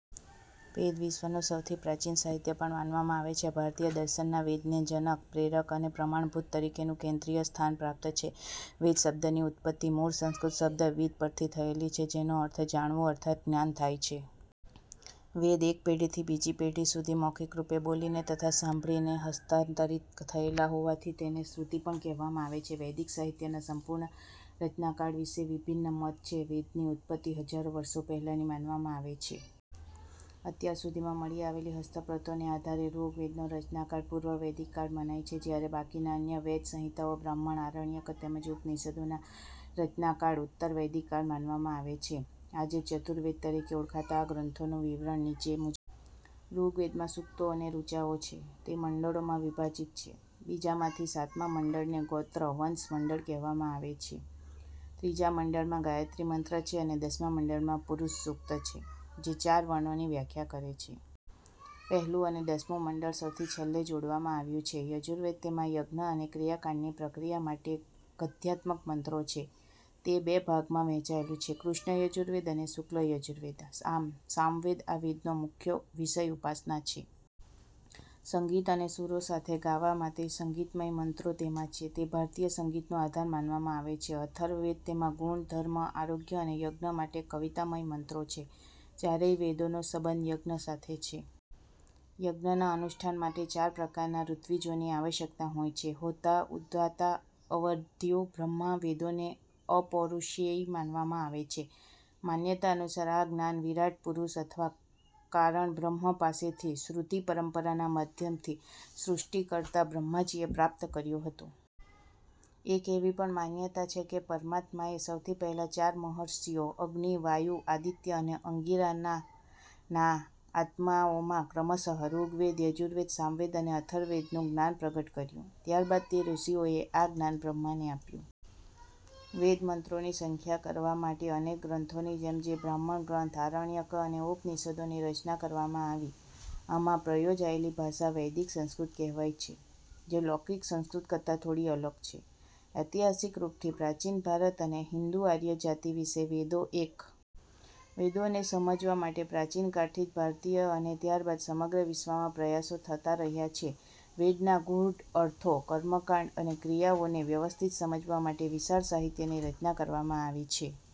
વેદ વિશ્વનું સૌથી પ્રાચીન સાહિત્ય પણ માનવામાં આવે છે. ભારતીય દર્શનમાં વેદને જનક, પ્રેરક અને પ્રમાણભૂત તરીકેનું કેન્દ્રીય સ્થાન પ્રાપ્ત છે. 'વેદ' શબ્દની ઉત્પત્તિ મૂળ સંસ્કૃત શબ્દ 'વિદ્' પરથી થયેલી છે, જેનો અર્થ 'જાણવું' અર્થાત જ્ઞાન થાય છે. વેદ એક પેઢીથી બીજી પેઢી સુધી મૌખિકરૂપે બોલીને તથા સાંભળીને હસ્તાંતરિત થયેલા હોવાથી તેને શ્રુતિ પણ કહેવામાં આવે છે. વૈદિક સાહિત્યના સંપૂર્ણ રચનાકાળ વિશે વિભિન્ન મત છે. વેદની ઉત્પત્તિ હજારો વર્ષો પહેલાની માનવામાં આવે છે. અત્યાર સુધીમાં મળી આવેલી હસ્તપ્રતોને આધારે ઋગ્વેદનો રચનાકાળ પૂર્વ વૈદિક કાળ મનાય છે, જ્યારે બાકીના અન્ય વેદ, સંહિતાઓ, બ્રાહ્મણ, આરણ્યક તેમજ ઉપનિષદોનો રચનાકાળ ઉત્તર વૈદિક કાળ માનવામાં આવે છે. આજે 'ચતુર્વેદ' તરીકે ઓળખાતા આ ગ્રંથોનું વિવરણ નીચે મુજબ છે: ઋગ્વેદ ચાર વેદોમાં ઋગ્વેદ વિશ્વનો સૌથી જૂનો ગ્રંથ છે અને તેથી તેને માનવતાનો પ્રથમ દસ્તાવેજ પણ કહેવામાં આવે છે. ઋગ્વેદમાં સૂક્તો અને ઋચાઓ છે. તે મંડળોમાં વિભાજિત છે. બીજાથી સાતમા મંડળને 'ગોત્ર/વંશ મંડળ' કહેવામાં આવે છે. ત્રીજા મંડળમાં ગાયત્રી મંત્ર છે અને દસમા મંડળમાં પુરુષસૂક્ત છે, જે ચાર વર્ણો ની વ્યાખ્યા કરે છે. પહેલું અને દસમું મંડળ સૌથી છેલ્લે જોડવામાં આવ્યું હતું. યજુર્વેદ તેમાં યજ્ઞ અને ક્રિયાકાંડની પ્રક્રિયા માટે ગદ્યાત્મક મંત્રો છે. તે બે ભાગમાં વહેંચાયેલું છે: કૃષ્ણ યજુર્વેદ અને શુક્લ યજુર્વેદ. સામવેદ આ વેદનો મુખ્ય વિષય ઉપાસના છે. સંગીત અને સૂરો સાથે ગાવા માટે સંગીતમય મંત્રો તેમાં છે. તે ભારતીય સંગીતનો આધાર માનવામાં આવે છે. અથર્વવેદ તેમાં ગુણ, ધર્મ, આરોગ્ય અને યજ્ઞ માટે કવિતામય મંત્રો છે. ચારેય વેદોનો સંબંધ યજ્ઞ સાથે છે. યજ્ઞના અનુષ્ઠાન માટે ચાર પ્રકારના ઋત્વિજો ની આવશ્યકતા હોય છે: હોતા ઉદ્ગાતા અધ્વર્યુ બ્રહ્મા વેદોને અપૌરુષેય માનવામાં આવે છે. માન્યતા અનુસાર આ જ્ઞાન વિરાટપુરુષ અથવા કારણબ્રહ્મ પાસેથી શ્રુતિ પરંપરાના માધ્યમથી સૃષ્ટિકર્તા બ્રહ્માજીએ પ્રાપ્ત કર્યું હતું. એવી પણ એક માન્યતા છે કે પરમાત્માએ સૌથી પહેલા ચાર મહર્ષિઓ અગ્નિ, વાયુ, આદિત્ય અને અંગિરા ના આત્માઓમાં ક્રમશઃ ઋગ્વેદ, યજુર્વેદ, સામવેદ અને અથર્વવેદનું જ્ઞાન પ્રગટ કર્યું. ત્યારબાદ તે ઋષિઓએ આ જ્ઞાન બ્રહ્માને આપ્યું. વેદ મંત્રોની વ્યાખ્યા કરવા માટે અનેક ગ્રંથો જેમ કે બ્રાહ્મણ-ગ્રંથ, આરણ્યક અને ઉપનિષદોની રચના કરવામાં આવી. આમાં પ્રયોજાયેલી ભાષા વૈદિક સંસ્કૃત કહેવાય છે, જે લૌકિક સંસ્કૃત કરતા થોડી અલગ છે. ઐતિહાસિક રૂપથી પ્રાચીન ભારત અને હિંદ-આર્ય જાતિ વિશે વેદોને એક સારો સંદર્ભ સ્ત્રોત માનવામાં આવે છે. વેદોને સમજવા માટે પ્રાચીન કાળથી જ ભારતીય અને ત્યારબાદ સમગ્ર વિશ્વમાં પ્રયાસો થતા રહ્યા છે. વેદના ગૂઢ અર્થો, કર્મકાંડ અને ક્રિયાઓને વ્યવસ્થિત સમજવા માટે વિશાળ સાહિત્યની રચના કરવામાં આવી છે.